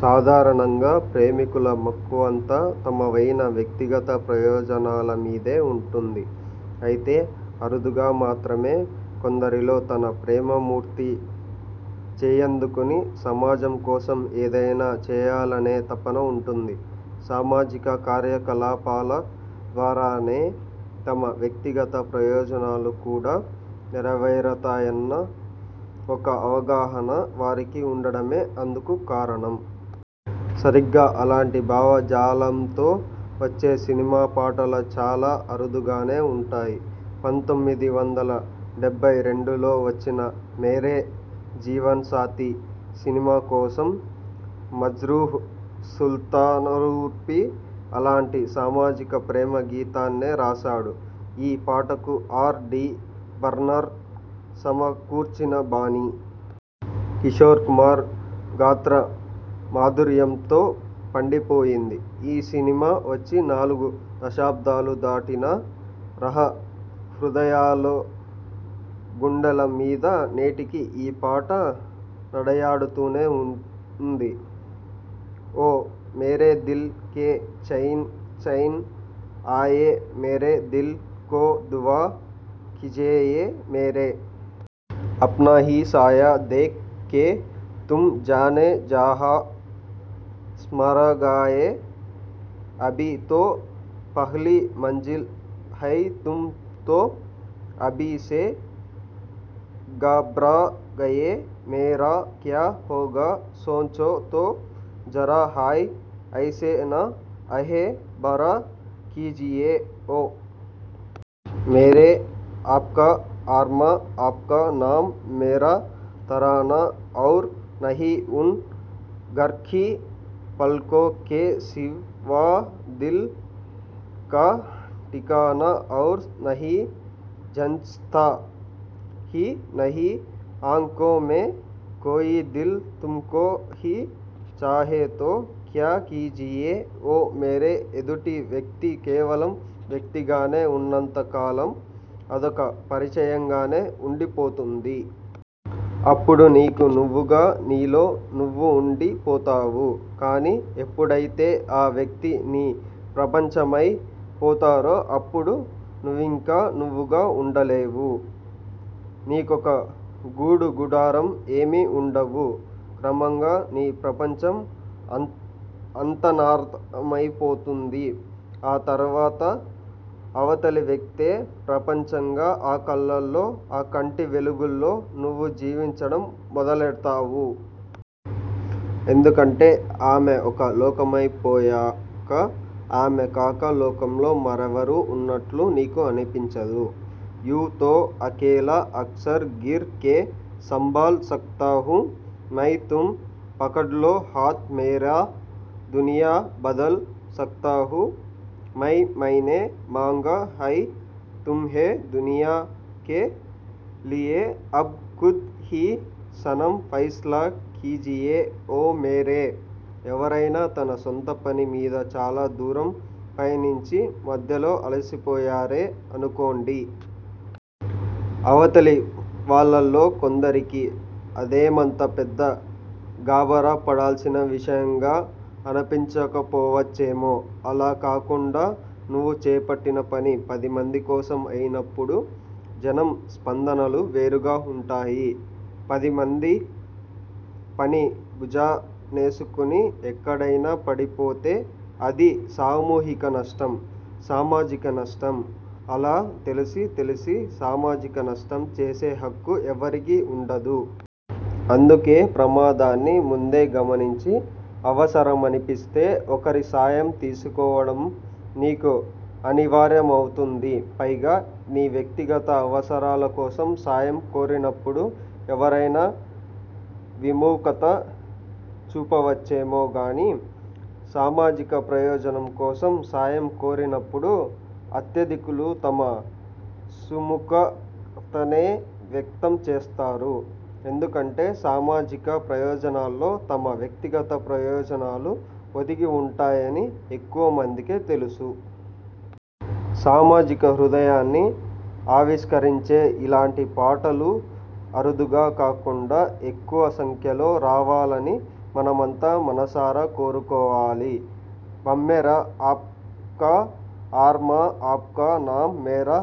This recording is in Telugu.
సాధారణంగా ప్రేమికుల మక్కువంతా తమవైన వ్యక్తిగత ప్రయోజనాల మీదే ఉంటుంది. అయితే, అరుదుగా మాత్రమే కొందరిలో తన ప్రేమ మూర్తి చేయందుకుని సమాజం కోసం ఏదైనా చేయాలనే తపన ఉంటుంది. సామాజిక కార్య కలాపాల ద్వారానే తమ వ్యక్తిగత ప్రయోజనాలు కూడా నెర వేరతాయన్న ఒక అవగాహన వారికి ఉండడమే అందుకు కారణం. సరిగ్గా అలాంటి భావ జాలంతో వచ్చే సినిమా పాటలు చాలా అరుదుగానే ఉంటాయి. పంతొమ్మిది వందల డెబ్బై రెండులో వచ్చిన 'మేరే జీవన్ సాథీ' సినిమా కోసం మజ్రూహ్ సుల్తానరూపీ అలాంటి సామాజిక ప్రేమ గీతాన్నే రాశాడు. ఈ పాటకు ఆర్. డి బర్నర్ సమకూర్చిన బాణీ.. కిశోర్ కుమార్ గాత్ర మాధుర్యంతో పండిపోయింది. ఈ సినిమా వచ్చి నాలుగు దశాబ్దాలు దాటినా రహ హృదయాలు గుండెల మీద నేటికీ ఈ పాట నడయాడుతూనే ఉంది. ఓ మేరే దిల్ కే చైన్ చైన్ ఆయే మేరే దిల్ కో దువా కీజియే మేరే అప్నా హీ సాయా దేఖ్ కే తుమ్ జానె జహా స్మరగయే అభీ తో పహ్లీ మంజిల్ హై తుమ్ తో అభీ సే ఘబ్రాగయే మేరా క్యా హోగా, సోంచో తో జరా హాయ్ ఐసే న ఆహేఁ భరా కీజియే ఓ మేరే ఆప్కా అర్మా ఆప్కా నామ్ మేరా తరానా ఔర్ నహీ ఉన్ ఘర్కి పల్కో కే సివా దిల్ కా టికానా ఔర్ నహీ జంచ్తా he Nahi ఆంఖో May కోయీ Dil తుమ్కో he చాహే తో క్యా కీజియే ఓ మేరే ఎదుటి వ్యక్తి కేవలం వ్యక్తిగానే ఉన్నంత కాలం, అదొక పరిచయంగానే ఉండి పోతుంది. అప్పుడు నీకు నువ్వుగా, నీలో నువ్వు ఉండి పోతావు. కానీ, ఎప్పుడైతే ఆ వ్యక్తి నీ ప్రపంచమై పోతారో అప్పుడు నువ్వింక నువ్వుగా ఉండలేవు. నీకొక గూడూ గుడారం ఏమీ ఉండవు. క్రమంగా నీ ప్రపంచం అంత అంతనార్థమైపోతుంది. ఆ తర్వాత అవతలి వ్యక్తే ప్రపంచంగా ఆ కళ్లల్లో, ఆ కంటి వెలుగుల్లో నువ్వు జీవించడం మొదలెడతావు. ఎందుకంటే ఆమె ఒక లోకమై పోయాక ఆమె కాక లోకంలో మరెవరూ ఉన్నట్లు నీకు అనిపించదు. యూ తో అకేలా అక్సర్ గిర్ కే సంభల్ సక్తా హు మై తుమ్ పకడ్లో హాథ్ మేరా దునియా బదల్ సక్తా హు మై మైనే మాంగా హై తుమ్హే దునియా కే లియే అభ్ ఖుద్ హీ సనమ్ ఫైస్లా కీజియే ఓ మేరే ఎవరైనా తన సొంత పని మీద చాలా దూరం పయనించి మధ్యలో అలసిపోయారే అనుకోండి. అవతలి వాళ్లల్లో కొందరికి అదేమంత పెద్ద గాబరా పడాల్సిన విషయంగా అనిపించకపోవచ్చేమో! అలా కాకుండా నువ్వు చేపట్టిన పని పదిమంది కోసం అయినప్పుడు జనం స్పందనలు వేరుగా ఉంటాయి. పదిమంది పని భుజా నేసుకుని ఎక్కడైనా పడిపోతే అది సామూహిక నష్టం, సామాజిక నష్టం. అలా తెలిసి తెలిసి సామాజిక నష్టం చేసే హక్కు ఎవరికీ ఉండదు. అందుకే ప్రమాదాన్ని ముందే గమనించి అవసరమనిపిస్తే ఒకరి సాయం తీసుకోవడం నీకు అనివార్య మవుతుంది. పైగా నీ వ్యక్తిగత అవసరాల కోసం సాయం కోరినప్పుడు ఎవరైనా విముఖత చూపవచ్చేమో గానీ, సామాజిక ప్రయోజనం కోసం సాయం కోరినప్పుడు అత్యధికులు తమ సుముఖతనే వ్యక్తం చేస్తారు. ఎందుకంటే సామాజిక ప్రయోజనాల్లో తమ వ్యక్తిగత ప్రయోజనాలు ఒదిగి ఉంటాయని ఎక్కువ మందికే తెలుసు. సామాజిక హృదయాన్ని ఆవిష్కరించే ఇలాంటి పాటలు అరుదుగా కాకుండా ఎక్కువ సంఖ్యలో రావాలని మనమంతా మనసారా కోరుకోవాలి. బమ్మెర ఆప్కా అర్మా ఆప్కా నామ్ మేరా తరానా